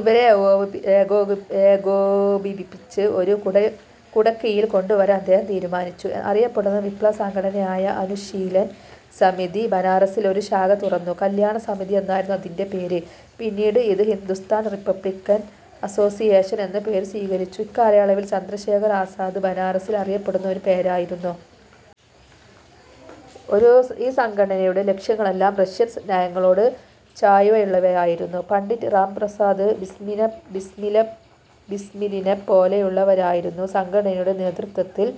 ഇവരെ ഏകോപിപ്പിച്ച് ഒരു കുടക്കീഴിൽ കൊണ്ടുവരാൻ അദ്ദേഹം തീരുമാനിച്ചു. അറിയപ്പെടുന്ന വിപ്ലവസംഘടനയായ അനുശീലൻ സമിതി, ബനാറസിൽ ഒരു ശാഖ തുറന്നു. കല്യാണ സമിതി എന്നായിരുന്നു അതിന്റെ പേര്. പിന്നീട് ഇത് ഹിന്ദുസ്ഥാൻ റിപ്പബ്ലിക്കൻ അസ്സോസിയേഷൻ എന്ന പേരു സ്വീകരിച്ചു. ഇക്കാലയളവിൽ ചന്ദ്രശേഖർ ആസാദ് ബനാറസിൽ അറിയപ്പെടുന്ന ഒരു പേരായിരുന്നു. ഈ സംഘടനയുടെ ലക്ഷ്യങ്ങളെല്ലാം റഷ്യൻ നയങ്ങളോട് ചായ്വുള്ളവയായിരുന്നു. പണ്ഡിറ്റ് രാംപ്രസാദ് ബിസ്മിലിനെപ്പോലുള്ളവരായിരുന്നു സംഘടനയുടെ നേതൃത്വത്തിൽ.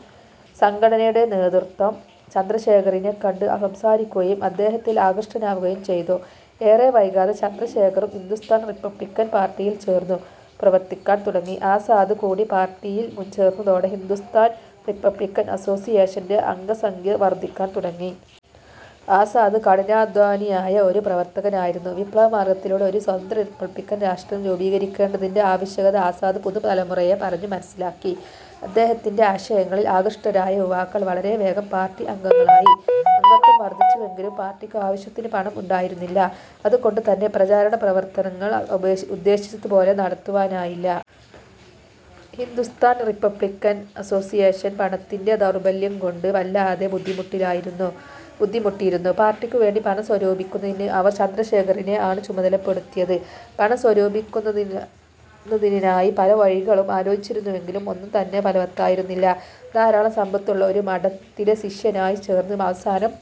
സംഘടനയുടെ നേതൃത്വം ചന്ദ്രശേഖറിനെകണ്ട് സംസാരിക്കുകയും അദ്ദേഹത്തിൽ ആകൃഷ്ടനാവുകയുംചെയ്തു. ഏറെ വൈകാതെ ചന്ദ്രശേഖറും ഹിന്ദുസ്ഥാൻ റിപ്പബ്ലിക്കൻ പാർട്ടിയിൽ ചേർന്നു പ്രവർത്തിക്കാൻ തുടങ്ങി. ആസാദ് കൂടി പാർട്ടിയിൽ ചേർന്നതോടെ ഹിന്ദുസ്ഥാൻ റിപ്പബ്ലിക്കൻ അസ്സോസ്സിയേഷന്റെ അംഗസംഖ്യ വർദ്ധിക്കാൻ തുടങ്ങി. ആസാദ് കഠിനാധ്വാനിയായ ഒരു പ്രവർത്തകനായിരുന്നു. വിപ്ലവമാർഗ്ഗത്തിലൂടെ ഒരു സ്വതന്ത്ര റിപ്പബ്ലിക്കൻ രാഷ്ട്രം രൂപീകരിക്കേണ്ടതിന്റെ ആവശ്യകത ആസാദ് പുതു തലമുറയെ പറഞ്ഞു മനസ്സിലാക്കി. അദ്ദേഹത്തിന്റെ ആശയങ്ങളിൽ ആകൃഷ്ടരായ യുവാക്കൾ വളരെ വേഗം പാർട്ടി അംഗങ്ങളായി. അംഗത്വം വർദ്ധിച്ചുവെങ്കിലും, പാർട്ടിക്ക് ആവശ്യത്തിന് പണം ഉണ്ടായിരുന്നില്ല. അതുകൊണ്ടു തന്നെ പ്രചാരണപ്രവർത്തനങ്ങൾ ഉദ്ദേശിച്ചപോലെ നടത്തുവാനായില്ല. ഹിന്ദുസ്ഥാൻ റിപ്പബ്ലിക്കൻ അസ്സോസ്സിയേഷൻ പണത്തിന്റെ ദൗർലഭ്യം കൊണ്ട് വല്ലാതെ ബുദ്ധിമുട്ടിയിരുന്നു. പാർട്ടിക്കുവേണ്ടി പണം സ്വരൂപിക്കുന്നതിന് അവർ ചന്ദ്രശേഖറിനെ ആണ് ചുമതലപ്പെടുത്തിയിരുന്നത്. പണം സ്വരൂപിക്കുന്നതിനായി പല വഴികളും ആലോചിച്ചിരുന്നുവെങ്കിലും ഒന്നും തന്നെ ഫലവത്തായിരുന്നില്ല. ധാരാളം സമ്പത്തുള്ള ഒരു മഠത്തിലെ ശിഷ്യനായി ചേർന്ന് അവസാനം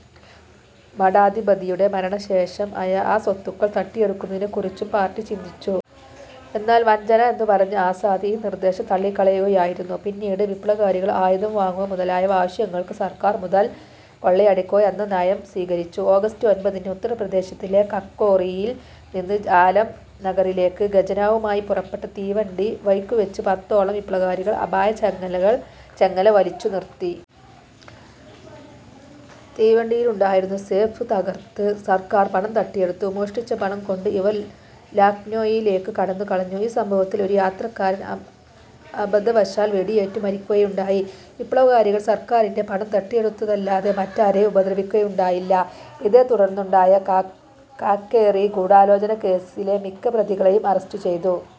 മഠാധിപതിയുടെ മരണശേഷം ആ സ്വത്തുക്കൾ തട്ടിയെടുക്കുന്നതിനെക്കുറിച്ചും പാർട്ടി ചിന്തിച്ചു. എന്നാൽ വഞ്ചന എന്നു പറഞ്ഞ് ആസാദ് ഈ നിർദ്ദേശം തള്ളിക്കളയുകയായിരുന്നു. പിന്നീട്, വിപ്ലവകാരികൾ ആയുധം വാങ്ങുക മുതലായ ആവശ്യങ്ങൾക്ക് സർക്കാർ മുതൽ കൊള്ളയടിക്കുക എന്ന നയം സ്വീകരിച്ചു. ഓഗസ്റ്റ് ഒൻപതിന് ഉത്തർപ്രദേശിലെ കാക്കോറിയിൽ നിന്ന് ആലം നഗറിലേക്ക് ഖജനാവുമായി പുറപ്പെട്ട തീവണ്ടി വഴിക്കു വച്ച് പത്തോളം വിപ്ലവകാരികൾ അപായ ചങ്ങല വലിച്ച് നിർത്തി. തീവണ്ടിയിലുണ്ടായിരുന്ന സേഫ് തകർത്ത് സർക്കാർ പണം തട്ടിയെടുത്തു. മോഷ്ടിച്ച പണവും കൊണ്ട് ഇവർ ലക്നോയിലേക്കു കടന്നു കളഞ്ഞു. ഈ സംഭവത്തിൽ ഒരു യാത്രക്കാരൻ അബന്ധവശാൽ വെടിയേറ്റു മരിക്കുകയുണ്ടായി. വിപ്ലവകാരികൾ സർക്കാരിന്റെ പണം തട്ടിയെടുത്തതല്ലാതെ മറ്റാരേയും ഉപദ്രവിക്കുകയുണ്ടായില്ല. ഇതേ തുടർന്നുണ്ടായ കാക്കേറി ഗൂഢാലോചന കേസിലെ മിക്ക പ്രതികളേയും അറസ്റ്റ് ചെയ്തു.